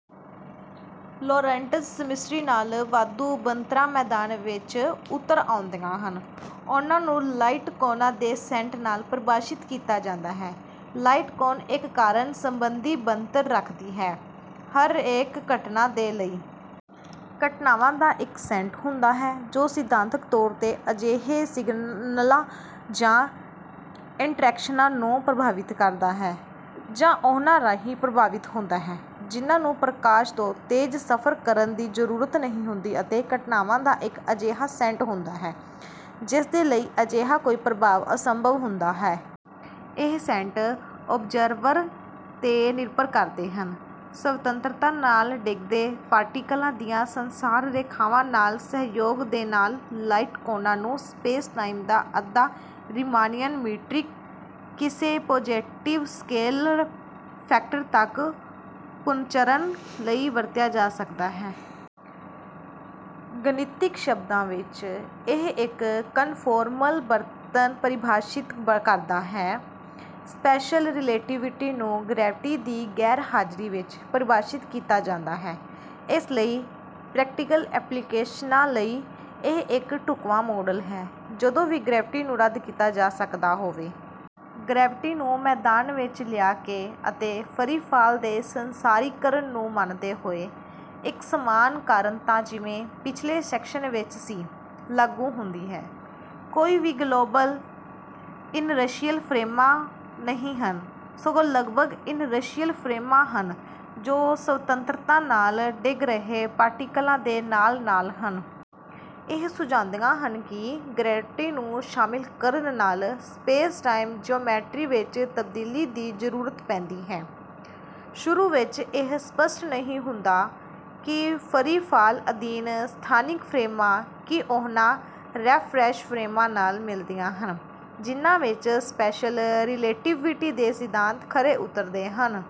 Lorentz symmetry ਨਾਲ, ਵਾਧੂ ਬਣਤਰਾਂ ਮੈਦਾਨ ਵਿੱਚ ਉਤਰ ਆਉਂਦੀਆਂ ਹਨ। ਉਹਨਾਂ ਨੂੰ ਲਾਈਟ ਕੋਨਾਂ ਦੇ ਸੈੱਟ ਨਾਲ ਪਰਿਭਾਸ਼ਿਤ ਕੀਤਾ ਜਾਂਦਾ ਹੈ। ਲਾਈਟ ਕੋਨ ਇੱਕ ਕਾਰਣ ਸਬੰਧੀ ਬਣਤਰ ਰੱਖਦੀ ਹੈ: ਹਰੇਕ ਘਟਨਾ ਦੇ ਲਈ, ਘਟਨਾਵਾਂ ਦਾ ਇੱਕ ਸੈੱਟ ਹੁੰਦਾ ਹੈ, ਜੋ ਸਿਧਾਂਤਕ ਤੌਰ 'ਤੇ, ਅਜਿਹੇ ਸਿਗਨਲਾਂ ਜਾਂ ਇੰਟਰੈਕਸ਼ਨਾਂ ਨੂੰ ਪ੍ਰਭਾਵਿਤ ਕਰਦਾ ਹੈ ਜਾਂ ਉਹਨਾਂ ਰਾਹੀਂ ਪ੍ਰਭਾਵਿਤ ਹੁੰਦਾ ਹੈ, ਜਿਹਨਾਂ ਨੂੰ ਪ੍ਰਕਾਸ਼ ਤੋਂ ਤੇਜ਼ ਸਫਰ ਕਰਨ ਦੀ ਜ਼ਰੂਰਤ ਨਹੀਂ ਹੁੰਦੀ ਅਤੇ ਘਟਨਾਵਾਂ ਦਾ ਇੱਕ ਅਜਿਹਾ ਸੈੱਟ ਹੁੰਦਾ ਹੈ, ਜਿਸਦੇ ਲਈ ਅਜਿਹਾ ਕੋਈ ਪ੍ਰਭਾਵ ਅਸੰਭਵ ਹੁੰਦਾ ਹੈ। ਇਹ ਸੈੱਟ ਔਬਜ਼ਰਵਰ 'ਤੇ ਨਿਰਭਰ ਕਰਦੇ ਹਨ। ਸੁਤੰਤਰਤਾ ਨਾਲ ਡਿੱਗਦੇ ਪਾਰਟੀਕਲਾਂ ਦੀਆਂ ਸੰਸਾਰ ਰੇਖਾਵਾਂ ਨਾਲ ਸਹਿਯੋਗ ਦੇ ਨਾਲ, ਲਾਈਟ ਕੋਨਾਂ ਨੂੰ ਸਪੇਸ-ਟਾਈਮ ਦਾ ਅੱਧਾ ਰੀਮਾਨੀਅਨ ਮੀਟ੍ਰਿਕ, ਕਿਸੇ ਪੌਜ਼ੇਟਿਵ ਸਕੇਲਰ ਫੈਕਟਰ ਤੱਕ, ਪੁਨਰਚਣ ਲਈ ਵਰਤਿਆ ਜਾ ਸਕਦਾ ਹੈ। ਗਣਿਤਿਕ ਸ਼ਬਦਾਂ ਵਿੱਚ, ਇਹ ਇੱਕ ਕਨਫੌਰਮਲ ਬਣਤਰ ਪਰਿਭਾਸ਼ਿਤ ਕਰਦਾ ਹੈ। ਸਪੈਸ਼ਲ ਰੀਲੇਟੀਵਿਟੀ ਨੂੰ ਗਰੈਵਿਟੀ ਦੀ ਗੈਰ-ਹਾਜ਼ਰੀ ਵਿੱਚ ਪਰਿਭਾਸ਼ਿਤ ਕੀਤਾ ਜਾਂਦਾ ਹੈ, ਇਸ ਲਈ ਪ੍ਰੈਕਟੀਕਲ ਐਪਲੀਕੇਸ਼ਨਾਂ ਲਈ, ਇਹ ਇੱਕ ਢੁਕਵਾਂ ਮੌਡਲ ਹੈ, ਜਦੋਂ ਵੀ ਗਰੈਵਿਟੀ ਨੂੰ ਰੱਦ ਕੀਤਾ ਜਾ ਸਕਦਾ ਹੋਵੇ। ਗਰੈਵਿਟੀ ਨੂੰ ਮੈਦਾਨ ਵਿੱਚ ਲਿਆ ਕੇ, ਅਤੇ ਫਰੀ ਫਾਲ ਦੇ ਸੰਸਾਰੀਕਰਨ ਨੂੰ ਮੰਨਦੇ ਹੋਏ, ਇੱਕ ਸਮਾਨ ਕਾਰਣਤਾ, ਜਿਵੇਂ ਪਿਛਲੇ ਸੈਕਸ਼ਨ ਵਿੱਚ ਸੀ, ਲਾਗੂ ਹੁੰਦੀ ਹੈ: ਕੋਈ ਵੀ ਗਲੋਬਲ ਇਨਰਸ਼ੀਅਲ ਫਰੇਮਾਂ ਨਹੀਂ ਹਨ। ਸਗੋਂ ਲਗਭਗ ਇਨਰਸ਼ੀਅਲ ਫਰੇਮਾਂ ਹਨ, ਜੋ ਸੁਤੰਤਰਤਾ ਨਾਲ ਡਿੱਗ ਰਹੇ ਪਾਰਟੀਕਲਾਂ ਦੇ ਨਾਲ-ਨਾਲ ਹਨ। ਇਹ ਸੁਝਾਉਂਦੀਆਂ ਹਨ ਕਿ ਗਰੈਵਿਟੀ ਨੂੰ ਸ਼ਾਮਿਲ ਕਰਨ ਨਾਲ ਸਪੇਸ-ਟਾਈਮ ਜੀਓਮੈਟਰੀ ਵਿੱਚ ਤਬਦੀਲੀ ਦੀ ਜ਼ਰੂਰਤ ਪੈਂਦੀ ਹੈ। ਸ਼ੁਰੂ ਵਿੱਚ, ਇਹ ਸਪਸ਼ਟ ਨਹੀਂ ਹੁੰਦਾ ਕਿ ਫਰੀ ਫਾਲ ਅਧੀਨ ਸਥਾਨਿਕ ਫਰੇਮਾਂ, ਕੀ ਉਹਨਾਂ ਰੈਫਰੈਂਸ ਫਰੇਮਾਂ ਨਾਲ ਮਿਲਦੀਆਂ ਹਨ, ਜਿਹਨਾਂ ਵਿੱਚ ਸਪੈਸ਼ਲ ਰੀਲੇਟੀਵਿਟੀ ਦੇ ਸਿਧਾਂਤ ਖਰੇ ਉਤਰਦੇ ਹਨ।